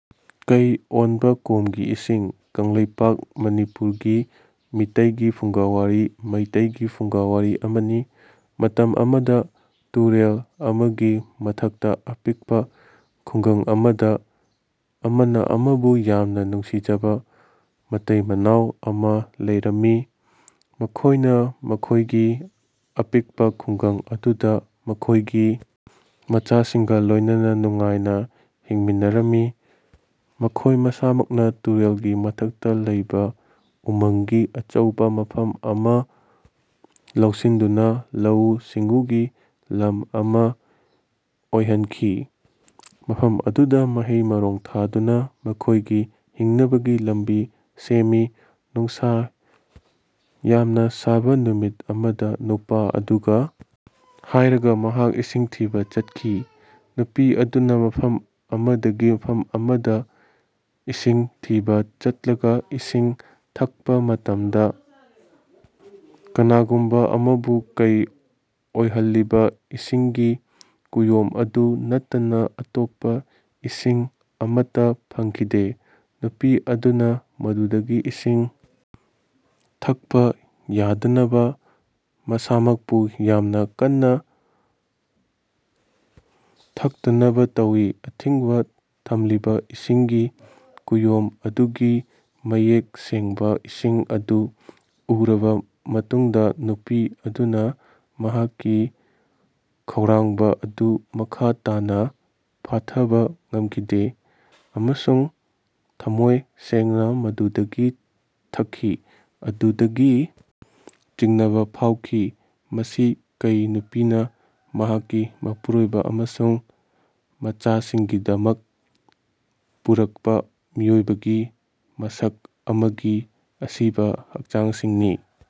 ꯀꯩ ꯑꯣꯟꯕ ꯀꯣꯝꯒꯤ ꯏꯁꯤꯡ ꯀꯪꯂꯩꯄꯥꯛ (ꯃꯅꯤꯄꯨꯔ) ꯒꯤ ꯃꯤꯇꯩꯒꯤ ꯐꯨꯡꯒꯥꯋꯥꯔꯤ (ꯃꯩꯇꯩꯒꯤ ꯐꯨꯡꯒꯥꯋꯥꯔꯤ) ꯑꯃꯅꯤ꯫ ꯃꯇꯝ ꯑꯃꯗꯥ ꯇꯨꯔꯦꯜ ꯑꯃꯒꯤ ꯃꯊꯛꯇ ꯑꯄꯤꯛꯄꯥ ꯈꯨꯡꯒꯪ ꯑꯃꯗ ꯑꯃꯅ ꯑꯃꯕꯨ ꯌꯥꯝꯅ ꯅꯨꯡꯁꯤꯖꯕ ꯃꯇꯩꯃꯅꯥꯎ ꯑꯃ ꯂꯩꯔꯝꯃꯤ꯫ ꯃꯈꯣꯏꯅ ꯃꯈꯣꯏꯒꯤ ꯑꯄꯤꯛꯄꯥ ꯈꯨꯡꯒꯪ ꯑꯗꯨꯗ ꯃꯈꯣꯏꯒꯤ ꯃꯆꯥꯁꯤꯡꯒ ꯂꯣꯏꯅꯅ ꯅꯨꯡꯉꯥꯏꯅ ꯍꯤꯡꯃꯤꯟꯅꯔꯝꯃꯤ꯫ ꯃꯈꯣꯏ ꯃꯁꯥꯃꯛꯅ ꯇꯨꯔꯦꯜꯒꯤ ꯃꯊꯛꯇ ꯂꯩꯕ ꯎꯃꯪꯒꯤ ꯑꯆꯧꯕ ꯃꯐꯝ ꯑꯃ ꯂꯧꯁꯤꯟꯗꯨꯅꯥ ꯂꯧꯎ-ꯁꯤꯡꯎꯒꯤ ꯂꯝ ꯑꯃ ꯑꯣꯏꯍꯟꯈꯤ꯫ ꯃꯐꯝ ꯑꯗꯨꯗ ꯃꯍꯩ-ꯃꯔꯣꯡ ꯊꯥꯗꯨꯅ ꯃꯈꯣꯏꯒꯤ ꯍꯤꯡꯅꯕꯒꯤ ꯂꯝꯕꯤ ꯁꯦꯝꯃꯤ꯫ ꯅꯨꯡꯁꯥ ꯌꯥꯝꯅ ꯁꯥꯕ ꯅꯨꯃꯤꯠ ꯑꯃꯗ ꯅꯨꯄꯥ ꯑꯗꯨꯒ ꯍꯥꯢꯔꯒ ꯃꯍꯥꯛ ꯏꯁꯤꯡ ꯊꯤꯕ ꯆꯠꯈꯤ꯫ ꯅꯨꯄꯤ ꯑꯗꯨꯅ ꯃꯐꯝ ꯑꯃꯗꯒꯤ ꯃꯐꯝ ꯑꯃꯗ ꯏꯁꯤꯡ ꯊꯤꯕꯥ ꯆꯠꯂꯒ ꯏꯁꯤꯡ ꯊꯛꯄ ꯃꯇꯝꯗ ꯀꯅꯥꯒꯨꯝꯕ ꯑꯃꯕꯨ ꯀꯩ ꯑꯣꯏꯍꯜꯂꯤꯕ ꯏꯁꯤꯡꯒꯤ ꯀꯨꯌꯣꯝ ꯑꯗꯨ ꯅꯠꯇꯅ ꯑꯇꯣꯞꯄ ꯏꯁꯤꯡ ꯑꯃꯠꯇ ꯐꯪꯈꯤꯗꯦ꯫ ꯅꯨꯄꯤ ꯑꯗꯨꯅ ꯃꯗꯨꯗꯒꯤ ꯏꯁꯤꯡ ꯊꯛꯄ ꯌꯥꯗꯅꯕ ꯃꯁꯥꯃꯛꯄꯨ ꯌꯥꯝꯅ ꯀꯟꯅ ꯊꯛꯇꯅꯕ ꯇꯧꯏ꯫ ꯑꯊꯤꯡꯕ ꯊꯝꯂꯤꯕ ꯏꯁꯤꯡꯒꯤ ꯀꯨꯌꯣꯝ ꯑꯗꯨꯒꯤ ꯃꯌꯦꯛ ꯁꯦꯡꯕꯥ ꯏꯁꯤꯡ ꯑꯗꯨ ꯎꯔꯕ ꯃꯇꯨꯡꯗ ꯅꯨꯄꯤ ꯑꯗꯨꯅ ꯃꯍꯥꯛꯀꯤ ꯈꯧꯔꯥꯡꯕ ꯑꯗꯨ ꯃꯈꯥ ꯇꯥꯅꯥ ꯐꯥꯊꯕ ꯉꯝꯈꯤꯗꯦ꯫ ꯑꯃꯁꯨꯡ ꯊꯝꯃꯣꯏ ꯁꯦꯡꯅ ꯃꯗꯨꯗꯒꯤ ꯊꯛꯈꯤ꯫ ꯑꯗꯨꯗꯒꯤ ꯆꯤꯡꯅꯕ ꯐꯥꯎꯈꯤ꯫ ꯃꯁꯤ ꯀꯩ - ꯅꯨꯄꯤꯅ ꯃꯍꯥꯛꯀꯤ ꯃꯄꯨꯔꯣꯏꯕ ꯑꯃꯁꯨꯡ ꯃꯆꯥꯁꯤꯡꯒꯤꯗꯃꯛ ꯄꯨꯔꯛꯄ ꯃꯤꯑꯣꯏꯕꯒꯤ ꯃꯁꯛ ꯑꯃꯒꯤ ꯑꯁꯤꯕꯥ ꯍꯛꯆꯥꯡꯁꯤꯡꯅꯤ꯫